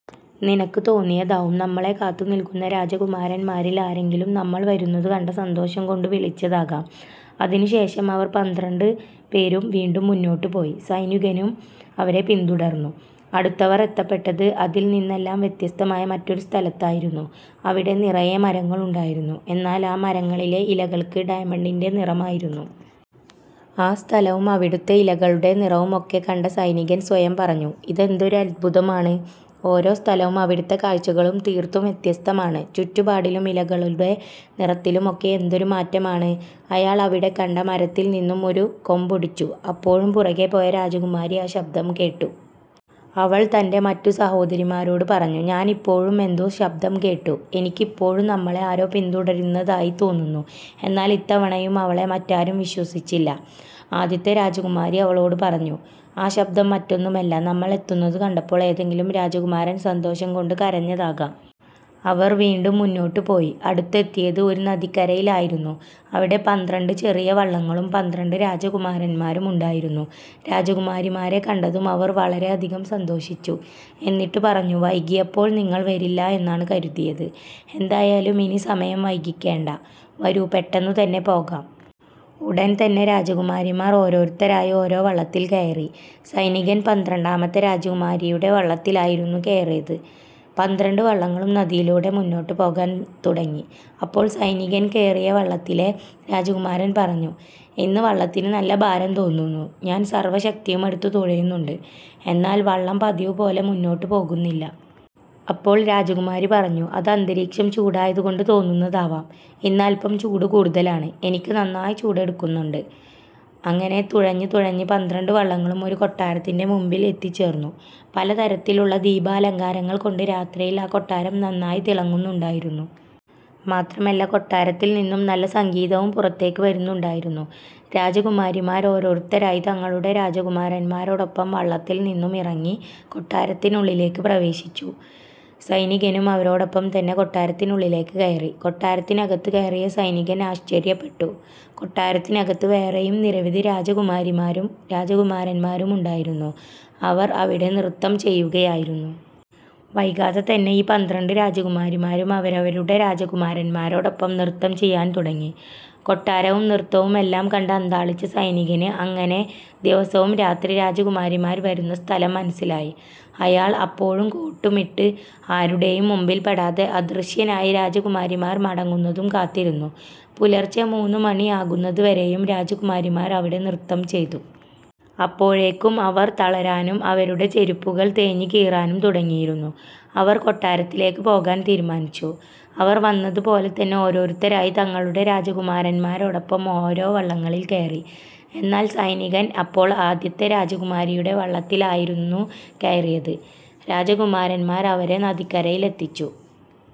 നിനക്ക് തോന്നിയതാവും. നമ്മളെ കാത്തുനിൽക്കുന്ന രാജകുമാരന്മാരിൽ ആരെങ്കിലും നമ്മൾ വരുന്നതു കണ്ട സന്തോഷം കൊണ്ടു വിളിച്ചതാകാം. " അതിനുശേഷം അവർ പന്ത്രണ്ട് പേരും വീണ്ടും മുന്നോട്ടു പോയി. സൈനികനും അവരെ പിന്തുടർന്നു. അടുത്തവർ എത്തപ്പെട്ടത് അതിൽനിന്നെല്ലാം വ്യത്യസ്തമായ മറ്റൊരു സ്ഥലത്തായിരുന്നു. അവിടെയും നിറയെ മരങ്ങളുണ്ടായിരുന്നു. എന്നാൽ ആ മരങ്ങളിലെ ഇലകൾക്ക് ഡയമണ്ടിൻ്റെ നിറമായിരുന്നു. ആ സ്ഥലവും അവിടുത്തെ ഇലകളുടെ നിറവുമൊക്കെ കണ്ട സൈനികൻ സ്വയം പറഞ്ഞു। "ഇതെന്തൊരു അത്ഭുതമാണ്. ഓരോ സ്ഥലവും അവിടത്തെ കാഴ്ചകളും തീർത്തും വ്യത്യസ്തമാണ്. ചുറ്റുപാടിലും ഇലകളുടെ നിറത്തിലുമൊക്കെ എന്തൊരു മാറ്റമാണ്. " അയാൾ അവിടെ കണ്ട മരത്തിൽ നിന്നും ഒരു കൊമ്പൊടിച്ചു. അപ്പോഴും പുറകേപോയ രാജകുമാരി ആ ശബ്ദം കേട്ടു. അവൾ തൻ്റെ മറ്റു സഹോദരിമാരോട് പറഞ്ഞു "ഞാനിപ്പോഴും എന്തോ ശബ്ദം കേട്ടു. എനിക്കിപ്പോഴും നമ്മളെ ആരോ പിന്തുടരുന്നതായി തോന്നുന്നു. " എന്നാൽ ഇത്തവണയും അവളെ മറ്റാരും വിശ്വസിച്ചില്ല. ആദ്യത്തെ രാജകുമാരി അവളോട് പറഞ്ഞു "ആ ശബ്ദം മറ്റൊന്നുമല്ല. നമ്മൾ എത്തുന്നത് കണ്ടപ്പോൾ ഏതെങ്കിലും രാജകുമാരൻ സന്തോഷംകൊണ്ട് കരഞ്ഞതാകാം. " അവർ വീണ്ടും മുന്നോട്ടു പോയി. അടുത്തെത്തിയത് ഒരു നദിക്കരയിൽ ആയിരുന്നു. അവിടെ പന്ത്രണ്ട് ചെറിയ വള്ളങ്ങളും പന്ത്രണ്ട് രാജകുമാരന്മാരും ഉണ്ടായിരുന്നു. രാജകുമാരിമാരെ കണ്ടതും അവർ വളരെയധികം സന്തോഷിച്ചു. എന്നിട്ട് പറഞ്ഞു "വൈകിയപ്പോൾ നിങ്ങൾ വരില്ല എന്നാണ് കരുതിയത്. എന്തായാലും ഇനി സമയം വൈകിക്കേണ്ട വരൂ പെട്ടെന്ന് തന്നെ പോകാം. " ഉടൻതന്നെ രാജകുമാരിമാർ ഓരോരുത്തരായി ഓരോ വള്ളത്തിൽ കയറി. സൈനികൻ പന്ത്രണ്ടാമത്തെ രാജകുമാരിയുടെ വള്ളത്തിലായിരുന്നു കയറിയത്. പന്ത്രണ്ട് വള്ളങ്ങളും നദിയിലൂടെ മുന്നോട്ടു പോകാൻ തുടങ്ങി. അപ്പോൾ സൈനികൻ കയറിയ വള്ളത്തിലെ രാജകുമാരൻ പറഞ്ഞു "ഇന്ന് വള്ളത്തിന് നല്ല ഭാരം തോന്നുന്നു. ഞാൻ സർവ്വശക്തിയുമെടുത്ത് തുഴയുന്നുണ്ട്. എന്നാൽ വള്ളം പതിവുപോലെ മുന്നോട്ടു പോകുന്നില്ല. " അപ്പോൾ രാജകുമാരി പറഞ്ഞു "അത് അന്തരീക്ഷം ചൂടായതുകൊണ്ട് തോന്നുന്നതാവാം. ഇന്ന് അല്പം ചൂട് കൂടുതലാണ്. എനിക്കും നന്നായി ചൂട് എടുക്കുന്നുണ്ട്. " അങ്ങനെ തുഴഞ്ഞ് തുഴഞ്ഞ് പന്ത്രണ്ട് വള്ളങ്ങളും ഒരു കൊട്ടാരത്തിൻ്റെ മുൻപിൽ എത്തിച്ചേർന്നു. പലതരത്തിലുള്ള ദീപാലങ്കാരങ്ങൾ കൊണ്ട് രാത്രിയിൽ ആ കൊട്ടാരം നന്നായി തിളങ്ങുന്നുണ്ടായിരുന്നു. മാത്രമല്ല കൊട്ടാരത്തിൽനിന്നും നല്ല സംഗീതവും പുറത്തേക്ക് വരുന്നുണ്ടായിരുന്നു. രാജകുമാരിമാർ ഓരോരുത്തരായി തങ്ങളുടെ രാജകുമാരന്മാരോടൊപ്പം വള്ളത്തിൽ നിന്നും ഇറങ്ങി കൊട്ടാരത്തിനുള്ളിലേക്ക് പ്രവേശിച്ചു. സൈനികനും അവരോടൊപ്പം തന്നെ കൊട്ടാരത്തിനുള്ളിലേക്ക് കയറി. കൊട്ടാരത്തിനകത്ത് കയറിയ സൈനികൻ ആശ്ചര്യപ്പെട്ടു. കൊട്ടാരത്തിനകത്ത് വേറെയും നിരവധി രാജകുമാരിമാരും രാജകുമാരന്മാരും ഉണ്ടായിരുന്നു. അവർ അവിടെ നൃത്തം ചെയ്യുകയായിരുന്നു. വൈകാതെ തന്നെ ഈ പന്ത്രണ്ട് രാജകുമാരിമാരും അവരവരുടെ രാജകുമാരന്മാരോടൊപ്പം നൃത്തം ചെയ്യാൻ തുടങ്ങി. കൊട്ടാരവും നൃത്തവുമെല്ലാം കണ്ട് അന്ധാളിച്ച സൈനികന് അങ്ങനെ ദിവസവും രാത്രി രാജകുമാരിമാർ വരുന്ന സ്ഥലം മനസ്സിലായി. അയാൾ അപ്പോഴും കോട്ടുമിട്ട് ആരുടെയും മുൻപിൽ പെടാതെ അദൃശനായി രാജകുമാരിമാർ മടങ്ങുന്നതും കാത്തിരുന്നു. പുലർച്ചെ മൂന്നുമണി ആകുന്നതുവരെയും രാജകുമാരിമാർ അവിടെ നൃത്തം ചെയ്തു. അപ്പോഴേക്കും അവർ തളരാനും അവരുടെ ചെരുപ്പുകൾ തേഞ്ഞ് കീറാനും തുടങ്ങിയിരുന്നു. അവർ കൊട്ടാരത്തിലേക്ക് പോകാൻ തീരുമാനിച്ചു. അവർ വന്നത് പോലെ തന്നെ ഓരോരുത്തരായി തങ്ങളുടെ രാജകുമാരന്മാരോടൊപ്പം ഓരോ വള്ളങ്ങളിൽ കയറി. എന്നാൽ സൈനികൻ അപ്പോൾ ആദ്യത്തെ രാജകുമാരിയുടെ വള്ളത്തിൽ ആയിരുന്നു കയറിയത്. രാജകുമാരന്മാർ അവരെ നദിക്കരയിലെത്തിച്ചു.